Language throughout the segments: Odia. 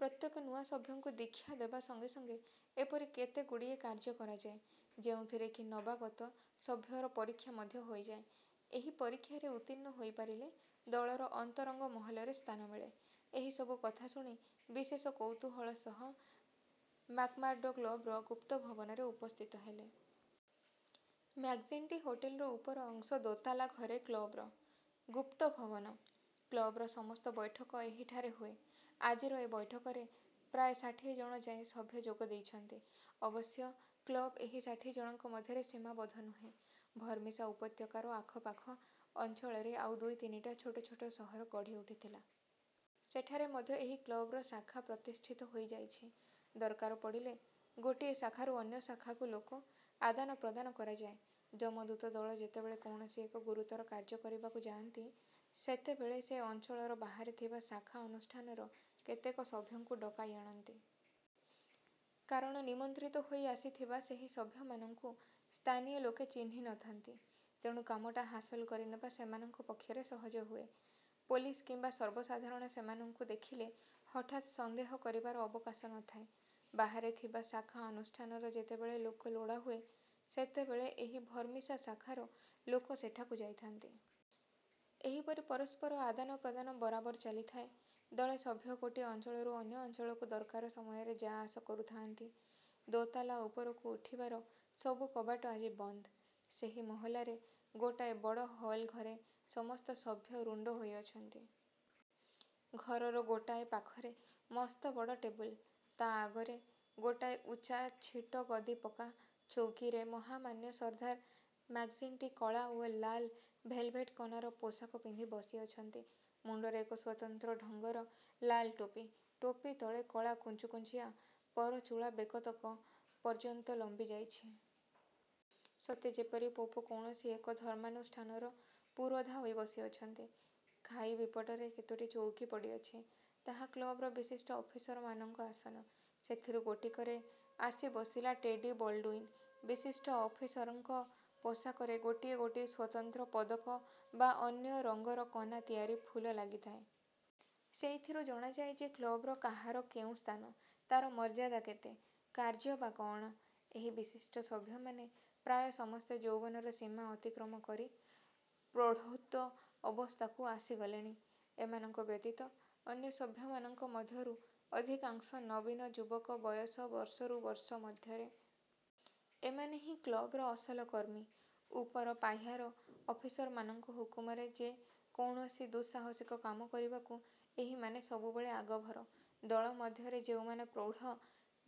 ପ୍ରତ୍ୟେକ ନୂଆ ସଭ୍ୟଙ୍କୁ ଦୀକ୍ଷା ଦେବା ସଙ୍ଗେସଙ୍ଗେ ଏପରି କେତେଗୁଡ଼ିଏ କାର୍ଯ୍ୟ କରାଯାଏ, ଯେଉଁଥିରେ କି ନବାଗତ ସଭ୍ୟର ପରୀକ୍ଷା ମଧ୍ୟ ହୋଇଯାଏ। ଏହି ପରୀକ୍ଷାରେ ଉତ୍ତୀର୍ଣ୍ଣ ହୋଇପାରିଲେ ଦଳର ଅନ୍ତରଙ୍ଗ ମହଲରେ ସ୍ଥାନ ମିଳେ। ଏହିସବୁ କଥା ଶୁଣି ବିଶେଷ କୌତୂହଳ ସହ ମ୍ୟାକ୍ମାର୍ଡ଼ୋ କ୍ଳବର ଗୁପ୍ତଭବନରେ ଉପସ୍ଥିତ ହେଲେ। ମ୍ୟାକ୍ଜିଣ୍ଟି ହୋଟେଲର ଉପର ଅଂଶ ଦୋତାଲା ଘରେ କ୍ଳବର। ଗୁପ୍ତଭବନ। କ୍ଳବର ସମସ୍ତ ବୈଠକ ଏହିଠାରେ ହୁଏ। ଆଜିର ଏ ବୈଠକରେ ପ୍ରାୟ ଷାଠିଏ ଜଣ ଯାଏ ସଭ୍ୟ ଯୋଗ ଦେଇଛନ୍ତି। ଅବଶ୍ୟ କ୍ଳବ ଏହି ଷାଠିଏ ଜଣଙ୍କ ମଧ୍ୟରେ ସୀମାବଦ୍ଧ ନୁହେଁ। ଭର୍ମିସା ଉପତ୍ୟକାର ପାଖଆଖ ଅଞ୍ଚଳରେ ଆଉ ଦୁଇ ତିନିଟା ଛୋଟଛୋଟ ସହର ଗଢ଼ି ଉଠିଥିଲା। ସେଠାରେ ମଧ୍ୟ ଏହି କ୍ଳବର ଶାଖା ପ୍ରତିଷ୍ଠିତ ହୋଇଯାଇଛି। ଦରକାର ପଡ଼ିଲେ ଗୋଟିଏ ଶାଖାରୁ ଅନ୍ୟଶାଖାକୁ ଲୋକ ଆଦାନ ପ୍ରଦାନ କରାଯାଏ। ଯମଦୂତ ଦଳ ଯେତେବେଳେ କୌଣସି ଏକ ଗୁରୁତର କାର୍ଯ୍ୟ କରିବାକୁ ଯାଆନ୍ତି, ସେତେବେଳେ ସେ ଅଞ୍ଚଳର ବାହାରେ ଥିବା ଶାଖା ଅନୁଷ୍ଠାନର କେତେକ ସଭ୍ୟଙ୍କୁ ଡକାଇଆଣନ୍ତି। କାରଣ ନିମନ୍ତ୍ରିତ ହୋଇ ଆସିଥିବା ସେହି ସଭ୍ୟମାନଙ୍କୁ ସ୍ଥାନୀୟ ଲୋକେ ଚିହ୍ନି ନ ଥାନ୍ତି; ତେଣୁ କାମଟା ହାସଲ କରିନେବା ସେମାନଙ୍କ ପକ୍ଷରେ ସହଜ ହୁଏ। ପୋଲିସ କିମ୍ବା ସର୍ବସାଧାରଣ ସେମାନଙ୍କୁ ଦେଖିଲେ ହଠାତ୍ ସନ୍ଦେହ କରିବାର ଅବକାଶ ନ ଥାଏ-। ବାହାରେ ଥିବା ଶାଖା ଅନୁଷ୍ଠାନର ଯେତେବେଳେ ଲୋକ ଲୋଡ଼ା ହୁଏ, ସେତେବେଳେ ଏହି ଭର୍ମିସା ଶାଖାର ଲୋକ ସେଠାକୁ ଯାଇଥାନ୍ତି। ଏହିପରି ପରସ୍ପର ଆଦାନ ପ୍ରଦାନ ବରାବର ଚାଲିଥାଏ। ଦଳେ ସଭ୍ୟ ଗୋଟିଏ ଅଞ୍ଚଳରୁ ଅନ୍ୟ ଅଞ୍ଚଳକୁ ଦରକାର ସମୟରେ ଯା ଆସ କରୁଥାଆନ୍ତି। ଦୋତାଲା ଉପରକୁ ଉଠିବାର ସବୁ କବାଟ ଆଜି ବନ୍ଦ। ସେହି ମହଲାରେ ଗୋଟାଏ ବଡ଼ ହଲ୍ ଘରେ ସମସ୍ତ ସଭ୍ୟ ରୁଣ୍ଡ ହୋଇଅଛନ୍ତି। ଘରର ଗୋଟାଏ ପାଖରେ ମସ୍ତବଡ଼ ଟେବୁଲ; ତା ଆଗରେ ଗୋଟାଏ ଉଚ୍ଚା ଛିଟଗଦିପକା ଚୌକିରେ ମହାମାନ୍ୟ ସର୍ଦ୍ଦାର ମ୍ୟାକ୍ଜିଣ୍ଟି କଳା ଓ ଲାଲ ଭେଲଭେଟ କନାର ପୋଷାକ ପିନ୍ଧି ବସିଅଛନ୍ତି। ମୁଣ୍ଡରେ ଏକ ସ୍ୱତନ୍ତ୍ର ଢଙ୍ଗର ଲାଲ ଟୋପି; ଟୋପି ତଳେ କଳା କୁଞ୍ଚକୁଞ୍ଚିଆ ପରଚୂଳା ବେକତଳ ପର୍ଯ୍ୟନ୍ତ ଲମ୍ବିଯାଇଛି। ସତେ ଯେପରି ପୋପ କୌଣସି ଏକ ଧର୍ମାନୁଷ୍ଠାନର ପୁରୋଧା ହୋଇ ବସିଅଛନ୍ତି। ଖାଇବିପଟରେ କେତୋଟି ଚଉକି ପଡ଼ିଅଛି; ତାହା କ୍ଳବର ବିଶିଷ୍ଟ ଅଫିସରମାନଙ୍କ ଆସନ। ସେଥିରୁ ଗୋଟିକରେ ଆସି ବସିଲା ଟେଡ଼ି ବଲ୍ଡ଼ୁଇନ। ବିଶିଷ୍ଟ ଅଫିସରଙ୍କ ପୋଷାକରେ ଗୋଟିଏ ଗୋଟିଏ ସ୍ୱତନ୍ତ୍ର ପଦକ ବା ଅନ୍ୟ ରଙ୍ଗର କନା ତିଆରି ଫୁଲ ଲାଗିଥାଏ। ସେଇଥିରୁ ଜଣାଯାଏ ଯେ କ୍ଳବର କାହାର କେଉଁ ସ୍ଥାନ, ତାର ମର୍ଯ୍ୟାଦା କେତେ, କାର୍ଯ୍ୟ ବା କଅଣ? ଏହି ବିଶିଷ୍ଟ ସଭ୍ୟମାନେ ପ୍ରାୟ ସମସ୍ତେ ଯୌବନର ସୀମା ଅତିକ୍ରମ କରି ପ୍ରୌଢ଼ତ୍ୱ ଅବସ୍ଥାକୁ ଆସିଗଲେଣି। ଏମାନଙ୍କ ବ୍ୟତୀତ ଅନ୍ୟ ସଭ୍ୟମାନଙ୍କ ମଧ୍ୟରୁ ଅଧିକାଂଶ ନବୀନ ଯୁବକ–ବୟସ ବର୍ଷରୁ ବର୍ଷ ମଧ୍ୟରେ। ଏମାନେ ହିଁ କ୍ଳବର ଅସଲ କର୍ମୀ। ଉପର ପାହ୍ୟାର ଅଫିସରମାନଙ୍କ ହୁକୁମରେ ଯେ କୌଣସି ଦୁଃସାହସିକ କାମ କରିବାକୁ ଏହିମାନେ ସବୁବେଳେ ଆଗଭର। ଦଳ ମଧ୍ୟରେ ଯେଉଁମାନେ ପ୍ରୌଢ଼,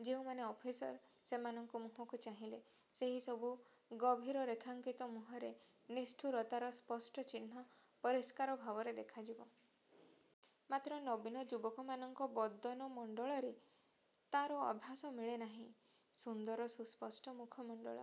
ଯେଉଁମାନେ ଅଫିସର, ସେମାନଙ୍କ ମୁହଁକୁ ଚାହିଁଲେ, ସେହିସବୁ ଗଭୀର ରେଖାଙ୍କିତ ମୁହଁରେ ନିଷ୍ଠୁରତାର ସ୍ପଷ୍ଟ ଚିହ୍ନ ପରିଷ୍କାର ଭାବରେ ଦେଖାଯିବ। ମାତ୍ର ନବୀନ ଯୁବକମାନଙ୍କ ବଦନମଣ୍ଡଳରେ ତାର ଆଭାସ ମିଳେ ନାହିଁ। ସୁନ୍ଦର, ସୁସ୍ପଷ୍ଟ, ମୁଖମଣ୍ଡଳ